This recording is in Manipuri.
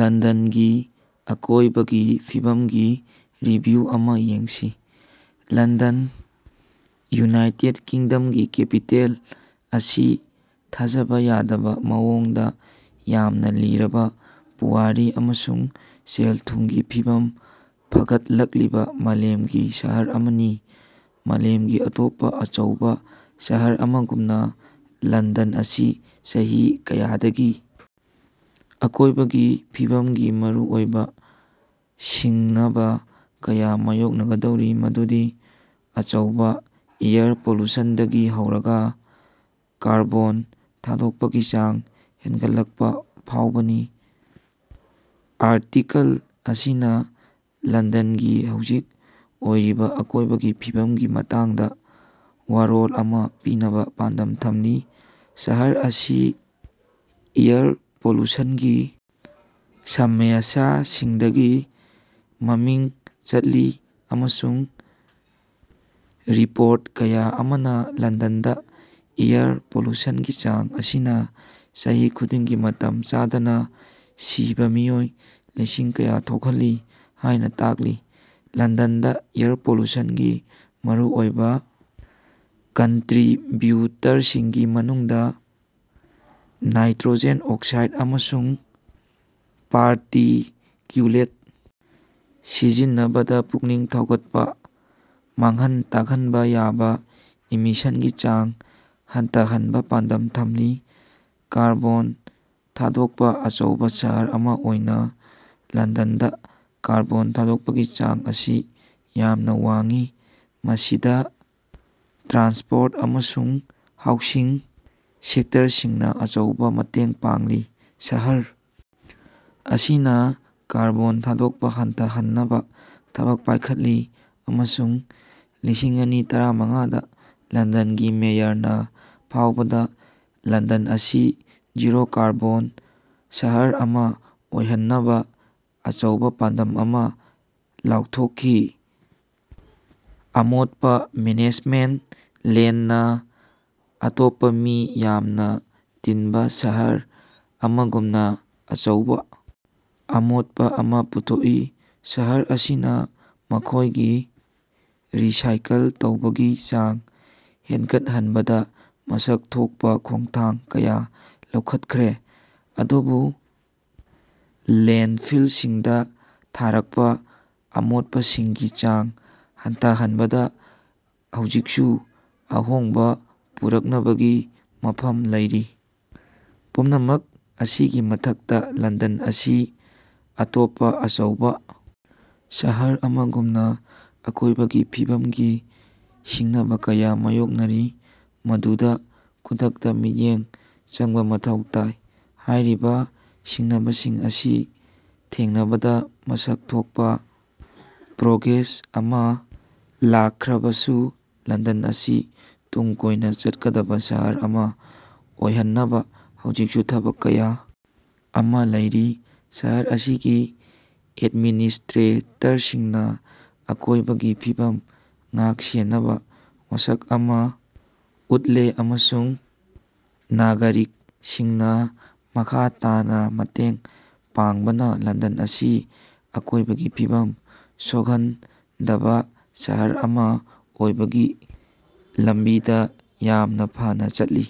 ꯂꯟꯗꯟꯒꯤ ꯑꯀꯣꯏꯕꯒꯤ ꯐꯤꯕꯝꯒꯤ ꯔꯤꯚꯤꯌꯨ ꯑꯃꯥ ꯌꯦꯡꯁꯤ꯫ ꯂꯟꯗꯟ ꯌꯨꯅꯥꯏꯇꯦꯗ ꯀꯤꯡꯗꯝꯒꯤ ꯀꯦꯄꯤꯇꯦꯜ ꯑꯁꯤ ꯊꯥꯖꯕꯥ ꯌꯥꯗꯕꯥ ꯃꯑꯣꯡꯗꯥ ꯌꯥꯝꯅꯥ ꯂꯤꯔꯕꯥ ꯄꯨꯋꯥꯔꯤ ꯑꯃꯁꯨꯡ ꯁꯦꯜ-ꯊꯨꯝꯒꯤ ꯐꯤꯚꯝ ꯐꯒꯠꯂꯛꯂꯤꯕꯥ ꯃꯥꯂꯦꯝꯒꯤ ꯁꯍꯔ ꯑꯃꯅꯤ꯫ ꯃꯥꯂꯦꯝꯒꯤ ꯑꯇꯣꯞꯄꯥ ꯑꯆꯧꯕꯥ ꯁꯍꯔ ꯑꯃꯒꯨꯝꯅꯥ, ꯂꯟꯗꯟ ꯑꯁꯤ ꯆꯍꯤ ꯀꯌꯥꯗꯒꯤ ꯑꯀꯣꯏꯕꯒꯤ ꯐꯤꯕꯝꯒꯤ ꯃꯔꯨꯑꯣꯏꯕꯥ ꯁꯤꯡꯅꯕꯥ ꯀꯌꯥ ꯃꯥꯌꯣꯛꯅꯒꯗꯧꯔꯤ, ꯃꯗꯨꯗꯤ ꯑꯆꯧꯕꯥ ꯑꯦꯌꯔ ꯄꯣꯂꯨꯁꯟꯗꯒꯤ ꯍꯧꯔꯒꯥ ꯀꯥꯔꯕꯣꯟ ꯊꯥꯗꯣꯛꯄꯒꯤ ꯆꯥꯡ ꯍꯦꯅꯒꯠꯂꯛꯄ ꯐꯥꯎꯕꯥꯅꯤ꯫ ꯑꯥꯔꯇꯤꯀꯜ ꯑꯁꯤꯅꯥ ꯂꯟꯗꯟꯒꯤ ꯍꯧꯖꯤꯛ ꯑꯣꯏꯔꯤꯕꯥ ꯑꯀꯣꯏꯕꯒꯤ ꯐꯤꯕꯝꯒꯤ ꯃꯇꯥꯡꯗꯥ ꯋꯥꯔꯣꯜ ꯑꯃꯥ ꯄꯤꯅꯕꯥ ꯄꯥꯟꯗꯝ ꯊꯝꯂꯤ꯫ ꯁꯍꯔ ꯑꯁꯤ ꯑꯦꯌꯔ ꯄꯣꯂꯨꯁꯟꯒꯤ ꯁꯃꯁ꯭ꯌꯥꯁꯤꯡꯒꯤꯗꯃꯛꯇꯥ ꯃꯃꯤꯡ ꯆꯠꯂꯤ ꯑꯃꯁꯨꯡ ꯔꯤꯄꯣꯔꯠ ꯀꯌꯥ ꯑꯃꯅꯥ ꯂꯟꯗꯟꯗꯥ ꯑꯦꯌꯔ ꯄꯣꯂꯨꯁꯟꯒꯤ ꯆꯥꯡ ꯑꯁꯤꯅꯥ ꯆꯍꯤ ꯈꯨꯗꯤꯡꯒꯤ ꯃꯇꯝ ꯆꯥꯗꯅꯥ ꯁꯤꯕꯥ ꯃꯤꯑꯣꯏ ꯂꯤꯁꯤꯡ ꯀꯌꯥ ꯊꯣꯛꯍꯜꯂꯤ ꯍꯥꯏꯅꯥ ꯇꯥꯛꯂꯤ꯫ ꯂꯟꯗꯟꯗꯥ ꯑꯦꯌꯔ ꯄꯣꯂꯨꯁꯟꯒꯤ ꯃꯔꯨꯑꯣꯏꯕꯥ ꯀꯟꯇ꯭ꯔꯤꯕ꯭ꯌꯨꯇꯔꯁꯤꯡꯒꯤ ꯃꯅꯨꯡꯗꯥ ꯅꯥꯏꯇ꯭ꯔꯣꯖꯦꯟ ꯑꯣꯛꯁꯥꯏꯗ ꯑꯃꯁꯨꯡ ꯄꯥꯔꯇꯤꯀ꯭ꯌꯨꯂꯦꯠ ꯁꯤꯖꯤꯟꯅꯕꯗꯥ ꯄꯨꯛꯅꯤꯡ ꯊꯧꯒꯠꯄꯥ, ꯃꯥꯡꯍꯟ ꯇꯥꯛꯍꯟꯕꯥ ꯌꯥꯕꯥ ꯏꯃꯤꯁꯟꯒꯤ ꯆꯥꯡ ꯍꯟꯊꯍꯟꯅꯕꯥ ꯄꯥꯟꯗꯝ ꯊꯝꯂꯤ꯫ ꯀꯥꯔꯕꯣꯟ ꯊꯥꯗꯣꯛꯄꯥ ꯑꯆꯧꯕꯥ ꯁꯍꯔ ꯑꯃꯥ ꯑꯣꯏꯅꯥ ꯂꯟꯗꯟꯗꯥ ꯀꯥꯔꯕꯣꯟ ꯊꯥꯗꯣꯛꯄꯒꯤ ꯆꯥꯡ ꯑꯁꯤ ꯌꯥꯝꯅꯥ ꯋꯥꯡꯏ, ꯃꯁꯤꯗꯥ ꯇ꯭ꯔꯥꯟꯁꯄꯣꯔꯠ ꯑꯃꯁꯨꯡ ꯍꯥꯎꯁꯤꯡ ꯁꯦꯛꯇꯔꯁꯤꯡꯅꯥ ꯑꯆꯧꯕꯥ ꯃꯇꯦꯡ ꯄꯥꯡꯂꯤ꯫ ꯁꯍꯔ ꯑꯁꯤꯅꯥ ꯀꯥꯔꯕꯣꯟ ꯊꯥꯗꯣꯛꯄꯥ ꯍꯟꯊꯍꯟꯅꯕꯥ ꯊꯕꯛ ꯄꯥꯏꯈꯠꯂꯤ ꯑꯃꯁꯨꯡ ꯂꯤꯁꯤꯡ ꯑꯅꯤ ꯇꯔꯃꯥꯄꯟꯗꯥ ꯂꯟꯗꯟꯒꯤ ꯃꯦꯌꯔꯅꯥ ꯐꯥꯎꯕꯗꯥ ꯂꯟꯗꯟ ꯑꯁꯤ ꯖꯤꯔꯣ-ꯀꯥꯔꯕꯣꯟ ꯁꯍꯔ ꯑꯃꯥ ꯑꯣꯏꯍꯟꯅꯕꯥ ꯑꯆꯧꯕꯥ ꯄꯥꯟꯗꯝ ꯑꯃꯥ ꯂꯥꯎꯊꯣꯛꯈꯤ, ꯑꯃꯣꯠꯄꯥ ꯃꯦꯅꯦꯖꯃꯦꯟꯇ ꯂꯟꯗꯅꯅꯥ ꯑꯇꯣꯞꯄꯥ ꯃꯤ ꯌꯥꯝꯅꯥ ꯇꯤꯟꯕꯥ ꯁꯍꯔ ꯑꯃꯒꯨꯝꯅꯥ ꯑꯆꯧꯕꯥ ꯑꯃꯣꯠꯄꯥ ꯑꯃꯥ ꯄꯨꯊꯣꯛꯏ꯫ ꯁꯍꯔ ꯑꯁꯤꯅꯥ ꯃꯈꯣꯏꯒꯤ ꯔꯤꯁꯥꯏꯀꯜ ꯇꯧꯕꯒꯤ ꯆꯥꯡ ꯍꯦꯟꯒꯠꯍꯟꯕꯗꯥ ꯃꯁꯛ ꯊꯣꯛꯄꯥ ꯈꯣꯡꯊꯥꯡ ꯀꯌꯥ ꯂꯧꯈꯠꯈ꯭ꯔꯦ, ꯑꯗꯨꯕꯨ ꯂꯦꯟꯗꯐꯤꯜꯁꯤꯡꯗꯥ ꯊꯥꯔꯛꯄꯥ ꯑꯃꯣꯠꯄꯁꯤꯡꯒꯤ ꯆꯥꯡ ꯍꯟꯊꯍꯟꯕꯗꯥ ꯍꯧꯖꯤꯛꯁꯨ ꯑꯍꯣꯡꯕꯥ ꯄꯨꯔꯛꯅꯕꯒꯤ ꯃꯐꯝ ꯂꯩꯔꯤ꯫ ꯄꯨꯝꯅꯃꯛ ꯑꯁꯤꯒꯤ ꯃꯊꯛꯇꯥ, ꯂꯟꯗꯟ ꯑꯁꯤ ꯑꯇꯣꯞꯄꯥ ꯑꯆꯧꯕꯥ ꯁꯍꯔ ꯑꯃꯒꯨꯝꯅꯥ ꯑꯀꯣꯏꯕꯒꯤ ꯐꯤꯕꯝꯒꯤ ꯁꯤꯡꯅꯕꯥ ꯀꯌꯥ ꯃꯥꯌꯣꯛꯅꯔꯤ, ꯃꯗꯨꯗꯥ ꯈꯨꯗꯛꯇꯥ ꯃꯤꯠꯌꯦꯡ ꯆꯪꯕꯥ ꯃꯊꯧ ꯇꯥꯏ꯫ ꯍꯥꯏꯔꯤꯕꯥ ꯁꯤꯡꯅꯕꯁꯤꯡ ꯑꯁꯤ ꯊꯦꯡꯅꯕꯗꯥ ꯃꯁꯛ ꯊꯣꯛꯄꯥ ꯄ꯭ꯔꯣꯒ꯭ꯔꯦꯁ ꯑꯃꯥ ꯂꯥꯛꯈ꯭ꯔꯕꯁꯨ, ꯂꯟꯗꯟ ꯑꯁꯤ ꯇꯨꯡ ꯀꯣꯏꯅꯥ ꯆꯠꯀꯗꯕꯥ ꯁꯍꯔ ꯑꯃꯥ ꯑꯣꯏꯍꯟꯅꯕꯥ ꯍꯧꯖꯤꯛꯁꯨ ꯊꯕꯛ ꯀꯌꯥ ꯑꯃꯥ ꯂꯩꯔꯤ꯫ ꯁꯍꯔ ꯑꯁꯤꯒꯤ ꯑꯦꯗꯃꯤꯅꯤꯁꯇ꯭ꯔꯦꯇꯔꯁꯤꯡꯅꯥ ꯑꯀꯣꯏꯕꯒꯤ ꯐꯤꯕꯝ ꯉꯥꯛ-ꯁꯦꯟꯅꯕꯥ ꯋꯥꯁꯛ ꯑꯃꯥ ꯎꯠꯂꯦ ꯑꯃꯁꯨꯡ ꯅꯥꯒꯔꯤꯛꯁꯤꯡꯅꯥ ꯃꯈꯥ ꯇꯥꯅꯥ ꯃꯇꯦꯡ ꯄꯥꯡꯕꯅꯥ ꯂꯟꯗꯟ ꯑꯁꯤ ꯑꯀꯣꯏꯕꯒꯤ ꯐꯤꯕꯝ ꯁꯣꯛꯍꯟꯗꯕꯥ ꯁꯍꯔ ꯑꯃꯥ ꯑꯣꯏꯕꯒꯤ ꯂꯝꯕꯤꯗꯥ ꯌꯥꯝꯅꯥ ꯐꯅꯥ ꯆꯠꯂꯤ꯫